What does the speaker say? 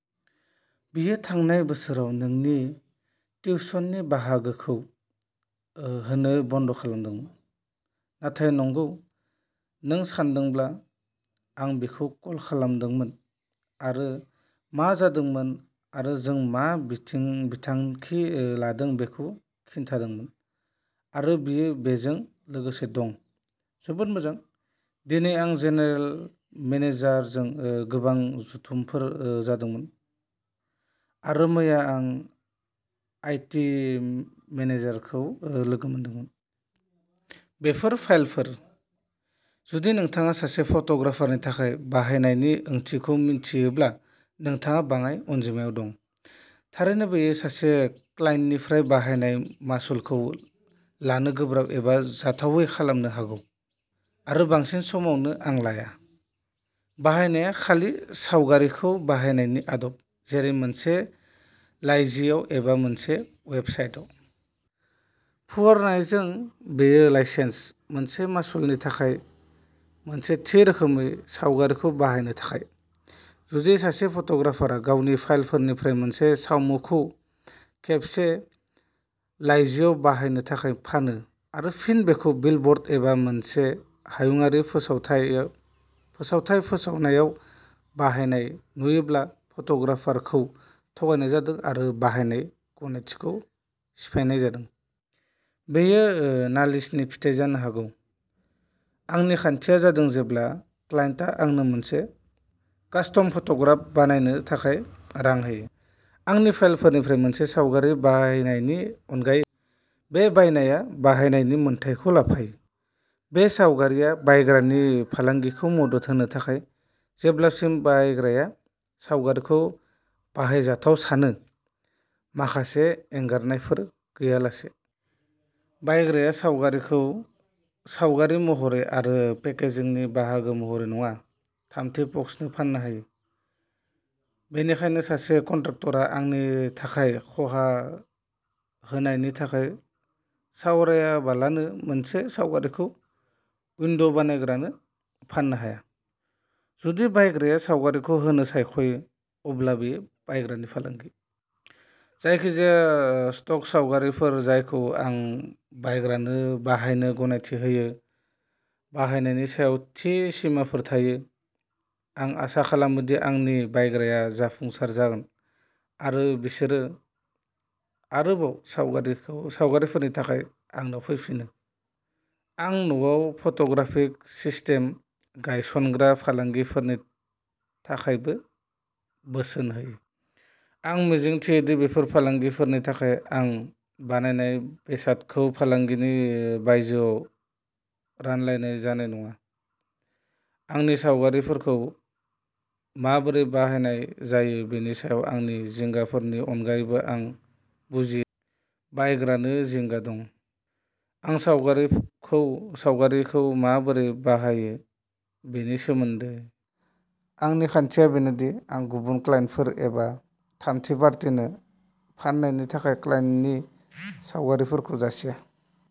बियो थांनाय बोसोराव नोंनि टिउसननि बाहागोखौ होनो बन्द'खालामदोंमोन। नाथाय नंगौ, नों सानदोंब्ला, आं बिखौ कल खालामदोंमोन आरो मा जादोंमोन आरो जों मा बिथांखि लादों बेखौ खिन्थादोंमोन। आरो बियो बेजों लोगोसे दं। जोबोद मोजां, दिनै आं जेनेरेल मेनेजारजों गोबां जथुमफोर जादोंमोन, आरो मैया आं आईटी मेनेजारखौ लोगो मोनदोंमोन। बेफोर फाइलफोर। जुदि नोंथाङा सासे फट'ग्राफारनि थाखाय बाहायनायनि ओंथिखौ मिथियोब्ला नोंथाङा बाङाइ अनजिमायाव दं। थारैनो बेयो सासे क्लाइन्टनिफ्राय बाहायनाय मासुलखौ लानो गोब्राब एबा जाथावै खालामनो हागौ, आरो बांसिन समावनो आं लाया। बाहायनाया खालि सावगारिखौ बाहायनायनि आदब, जेरै मोनसे लाइजियाव एबा मोनसे वेब साइटआव। फुवारनायजों बेयो मोनसे लाइसेन्स, मोनसे मासुलनि थाखाय, मोनसे थि रोखोमै सावगारिखौ बाहायनो थाखाय। जुदि सासे फट'ग्राफारआ गावनि फाइलफोरनिफ्राय मोनसे सावमुखौ खेबसे लाइजियाव बाहायनो थाखाय फानो आरो फिन बेखौ बिलब'र्ड एबा मोनसे हायुंआरि फोसावथाय फोसावनायाव बाहायनाय नुयोब्ला फट'ग्राफारखौ थगायनाय जादों आरो बाहायनाय गनायथिखौ सिफायनाय जादों। बेयो नालिसनि फिथाय जानो हागौ। आंनि खान्थिया जादों जेब्ला क्लाइन्टआ आंनो मोनसे कास्टम फट'ग्राफ बानायनो थाखाय रां होयो, आंनि फाइलफोरनिफ्राय मोनसे सावगारि बायनायनि अनगायै, बै बायनाया बाहायनायनि मोन्थाइखौ लाफायो। बे सावगारिआ बायग्रानि फालांगिखौ मदद होनो थाखाय, जेब्लासिम बायग्राया सावगारिखौ बाहायजाथाव सानो, माखासे एंगारनायफोर गैयालासे। बायग्राया सावगारिखौ, सावगारि महरै आरो पेकेजिंनि बाहागो महरै नङा, थामथि पक्षनो फाननो हाया। बेनिखायनो सासे कन्ट्राक्टरआ आंनि थाखाय खहा होनायनि थाखाय सावरायालाबानो मोनसे सावगारिखौ उइन्ड'बानायग्रानो फान्नो हाया। जुदि बायग्राया सावगारिखौ होनो सायख'यो, अब्ला बेयो बायग्रानि फालांगि। जायखिजाया स्टक सावगारिफोर जायखौ आं बायग्रानो बाहायनो गनायथि होयो, बाहायनायनि सायाव थि सिमाफोर थायो। आं आसा खालामो दि आंनि बायग्राया जाफुंसार जागोन, आरो बिसोरो आरोबाव सावगारिफोरनि थाखाय आंनाव फैफिनो। आं न'आव फट'ग्राफिक सिस्टेम गायसनग्रा फालांगिफोरनि थाखायबो बोसोन होयो। आं मिजिंथियो दि बेफोर फालांगिफोरनि थाखाय आं बानायनाय बेसादखौ फालांगिनि बायजोआव रानलायनाय जानाय नङा। आंनि सावगारिफोरखौ माबोरै बाहायनाय जायो बेनि सायाव आंनि जिंगाफोरनि अनगायैबो आं बुजियो दि बायग्रानो जिंगा दं। आं सावगारिफोरखौ माबोरै बाहायो बेनि सोमोन्दै। आंनि खान्थिया बेनो दि आं गुबुन क्लाइन्टफोर एबा थामथि पार्टिनो फाननायनि थाखाय क्लाइन्टनि सावगारिफोरखौ जासिया।